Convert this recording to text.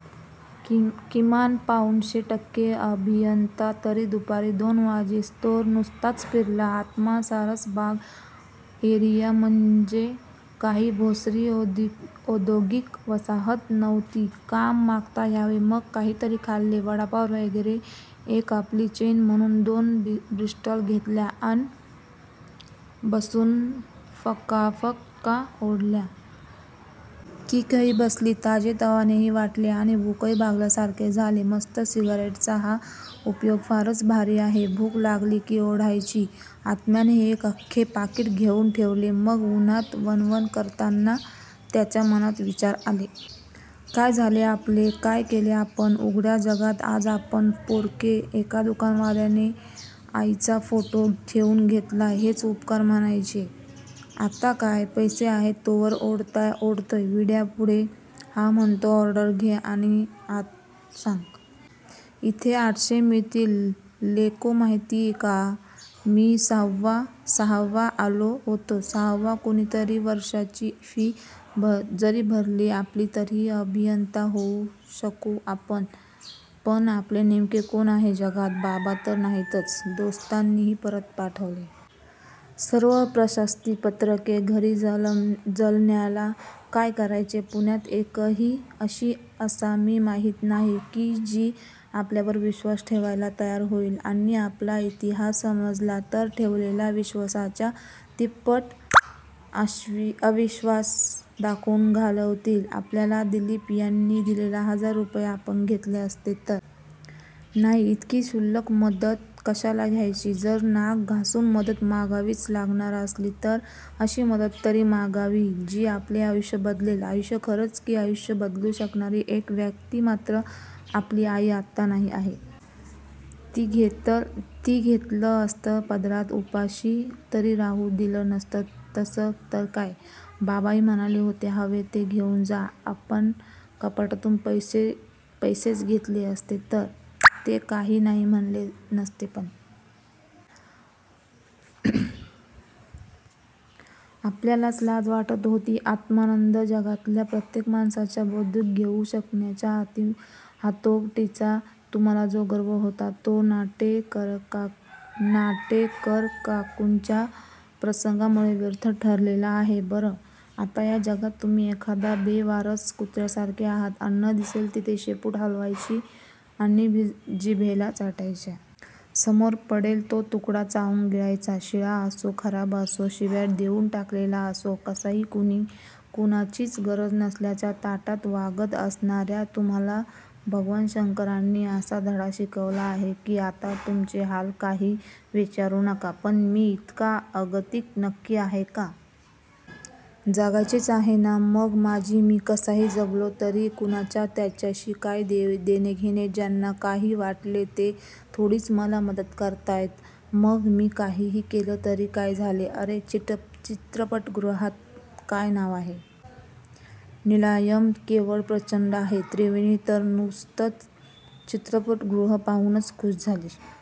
किमान, पाउणशे टक्के अभियंता तरी? दुपारी दोन वाजेस्तोवर नुसताच फिरला आत्मा! सारसबाग एरिया म्हणजे काही भोसरी औद्योगीक वसाहत नव्हती की काम मागता यावे! मग काहीतरी खाल्ले! वडापाव वगैरे! एक आपली चैन म्हणून दोन ब्रिस्टॉल घेतल्या अन बसून फकाफका ओढल्या. किकही बसली, ताजेतवानेही वाटले आणि भूकही भागल्यासारखे झाले. मस्त! सिगारेटचा हा उपयोग फारच भारी आहे. भूक लागली की ओढायची! आत्म्याने एक अख्खे पाकिट घेऊन ठेवले मग! उन्हात वणवण करताना त्याच्या मनात विचार आले. काय झाले आपले? काय केले आपण? उघड्या जगात आज आपण पोरके! एका दुकानवाल्याने आईचा फोटो ठेवून घेतला हेच उपकार म्हणायचे! आता काय? पैसे आहेत तोवर ओढतोय विड्या पुढे? हा म्हणतो, ऑर्डर घे आणि आत सांग! इथे आठशे मिळतील, लेको माहितीय का? मी सहाव्वा आलो होतो सहावा! कुणीतरी वर्षाची फी जरी भरली आपली तरीही अभियंता होऊ शकू आपण! पण आपले नेमके कोण आहे जगात? बाबा तर नाहीतच! दोस्तांनीही परत पाठवले. सर्व प्रशस्तीपत्रके घरी जालन्याला! काय करायचे? पुण्यात एकही अशी असामी माहीत नाही की जी आपल्यावर विश्वास ठेवायला तयार होईल! आणि आपला इतिहास समजला तर ठेवलेल्या विश्वासाच्या तिप्पट अविश्वास दाखवून घालवतील आपल्याला! दिलीप यांनी दिलेले हजार रुपये आपण घेतले असते तर? नाही! इतकी क्षुल्लक मदत कशाला घ्यायची? जर नाक घासून मदत मागावीच लागंणार असली. तर अशी मदत तरी मागावी.. जी आपले आयुष्य बदलेल. आयुष्य, खरच की आयुष्य बदलू शकणारी एक व्यक्ती मात्र होती. आपली आई आता नाही आहे. ती घेतलं असतं पदरात उपाशी तरी राहू दिलं नसतं तसं तर काय? बाबाही म्हणाले होते हवे ते घेऊन जा, आपण कपाटातून पैसेच घेतले असते तर? ते काही नाही म्हणालेच नसते.. पण.. आपल्यालाच लाज वाटत होती. आत्मानंद जगातल्या प्रत्येक माणसाचे बौद्धिक घेऊ शकण्याच्या हातोटीचा तुम्हाला जो गर्व होता. तो नाटेकरकाकूंच्या प्रसंगामुळे व्यर्थ ठरलेला आहे बरं? आता या जगात तुम्ही एखाद्या बेवारस कुत्र्यासारखे आहात. अन्न दिसेल तिथे शेपूट हालवायची आणि जिभल्या चाटायच्या. समोर पडेल तो तुकडा चावून गिळायचा. शिळा असो, खराब असो, शिव्या देऊन टाकलेला असो, कसाही कुणाचीच गरज नसल्याच्या थाटात वागत असणार्या तुम्हाला भगवान शंकरांनी असा धडा शिकवला आहे. की, आता तुमचे हाल काही विचारू नका, पण मी इतका अगतिक नक्की आहे का?? जगायचेच आहे ना? मग माझा मी कसाही जगलो तरी कुणाला त्याच्याशी काय देणेघेणे? ज्यांना काही वाटेल ते थोडीच मला मदत करतायत? मग मी काहीही केले तरी काय झाले. अरे! चित्रपटगृह काय नांव आहे? नीलायम! केवढं प्रचंड आहे. त्रिवेणी तर नुसतं चित्रपटगृह पाहूनच खुष झाली.